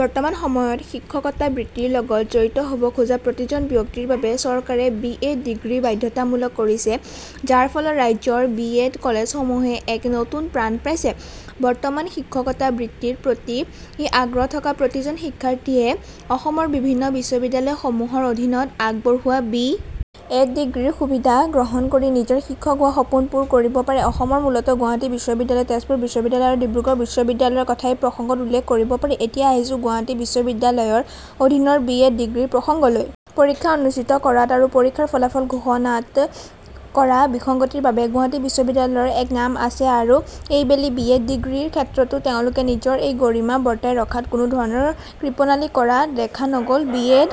বৰ্তমান সময়ত শিক্ষকতা বৃত্তিৰ লগত জড়িত হব খোজা প্ৰতিজন ব্যক্তিৰ বাবে চৰকাৰে বি. এড. ডিগ্ৰী বাধ্যতামূলক কৰিছে, যাৰ ফলত ৰাজ্যৰ বি. এড. কলেজসমূহে এক নতুন প্ৰাণ পাইছে। বৰ্তমান শিক্ষকতা বৃত্তিৰ প্ৰতি আগ্ৰহ থকা প্ৰতিজন শিক্ষাৰ্থীয়ে অসমৰ বিভিন্ন বিশ্ববিদ্যালয়সমূহৰ অধীনত আগবঢ়োৱা বি. এড. ডিগ্ৰীৰ সুবিধা গ্ৰহণ কৰি নিজৰ শিক্ষক হোৱা সপোন পূৰ কৰিব পাৰে। অসমৰ মূলতঃ গুৱাহাটী বিশ্ববিদ্যালয়, তেজপুৰ বিশ্ববিদ্যালয় আৰু ডিব্ৰুগড় বিশ্ববিদ্যালয়ৰ কথা এই প্ৰসংগত উল্লেখ কৰিব পাৰি। এতিয়া আহিছো গুৱাহাটী বিশ্ববিদ্যালয়ৰ অধীনৰ বি. এড. ডিগ্ৰীৰ প্ৰসংগলৈ। পৰীক্ষা অনুষ্ঠিত কৰাত আৰু পৰীক্ষাৰ ফলাফল ঘোষণাত কৰা বিসংগতিৰ বাবে গুৱাহাটী বিশ্ববিদ্যালয়ৰ এক নাম আছে আৰু এইবেলি বি. এড. ডিগ্ৰীৰ ক্ষেত্ৰতো তেওঁলোকে নিজৰ এই গৰিমা বৰ্তাই ৰখাত কোনো ধৰণৰ কৃপণালি কৰা দেখা নগ'ল। বি.এড.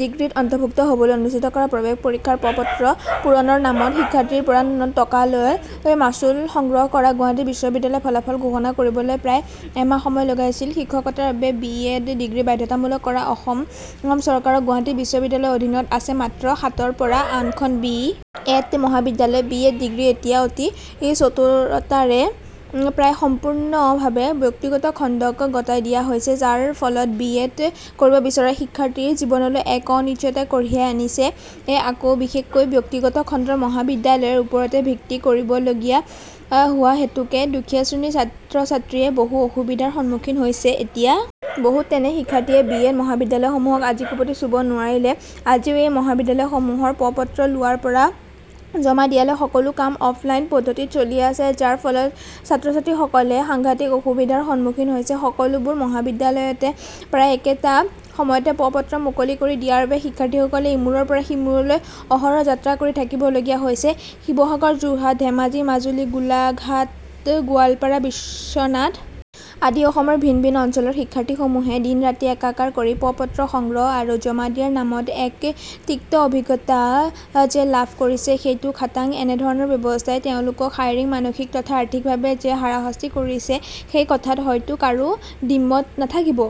ডিগ্ৰীত অন্তৰ্ভুক্ত হবলৈ অনুষ্ঠিত কৰা প্ৰৱেশ পৰীক্ষাৰ প্ৰপত্ৰ পূৰণৰ নামত পৰীক্ষাৰ্থীৰ পৰা টকাকৈ মাচুল সংগ্ৰহ কৰা গুৱাহাটী বিশ্ববিদ্যালয়ে ফলাফল ঘোষণা কৰিবলৈ প্ৰায় এমাহ সময় লগাইছিল। শিক্ষকতাৰ বাবে বি. এড. ডিগ্ৰী বাধ্যতামূলক কৰা অসম চৰকাৰৰ গুৱাহাটী বিশ্ববিদ্যালয়ৰ অধীনত আছে মাত্ৰ সাতৰ পৰা আঠখন বি. এড. মহাবিদ্যালয়। বি. এড. ডিগ্ৰী এতিয়া অতি চতুৰতাৰে প্ৰায় সম্পূৰ্ণভাৱে ব্যক্তিগত খণ্ডক গতাই দিয়া হৈছে। যাৰ ফলত বি. এড. কৰিব বিচৰা শিক্ষাৰ্থীৰ জীৱনলৈ এক অনিশ্চয়তা কঢ়িয়াই আনিছে, আকৌ বিশেষকৈ ব্যক্তিগত খণ্ডৰ মহাবিদ্যালয়ৰ ওপৰতে ভিত্তি কৰিবলগীয়া হোৱা হেতুকে দুখীয়া শ্ৰেণীৰ ছাত্ৰছাত্ৰীয়ে বহু অসুবিধাৰ সন্মুখীন হৈছে। এতিয়া বহুত তেনে শিক্ষাৰ্থীয়ে বি. এড. মহাবিদ্যালয়সমূহক আজিকোপতি চুব নোৱাৰিলে। আজিও এই মহাবিদ্যালয়সমূহৰ প্ৰপত্ৰ লোৱাৰ পৰা জমা দিয়ালৈ সকলো কাম অফলাইন পদ্ধতিত চলি আছে। যাৰ ফলত ছাত্ৰছাত্ৰীসকলে সাংঘাটিক অসুবিধাৰ সন্মুখীন হৈছে। সকলোবোৰ মহাবিদ্যালয়তে প্ৰায় একেটা সময়তে প্ৰপত্ৰ মুকলি কৰি দিয়াৰ বাবে শিক্ষাৰ্থীসকলে ইমূৰৰ পৰা সিমূৰলৈ অহৰহ যাত্ৰা কৰি থাকিবলগীয়া হৈছে। শিৱসাগৰ, যোৰহাট, ধেমাজি, মাজুলী, গোলাঘাটগোৱালপাৰা, বিশ্বনাথ আদি অসমৰ ভিন ভিন অঞ্চলৰ শিক্ষাৰ্থীসমূহে দিন ৰাতি একাকাৰ কৰি প্ৰপত্ৰ সংগ্ৰহ আৰু জমা দিয়াৰ নামত এক তিক্ত অভিজ্ঞতা যে লাভ কৰিছে সেইটো খাটাং। এনে ধৰণৰ ব্যৱস্হাই তেওঁলোকক শাৰিৰীক, মানসিক তথা আৰ্থিকভাৱে যে হাৰাশাস্তি কৰিছে সেই কথাত হয়তো কাৰো দ্বিমত নাথাকিব।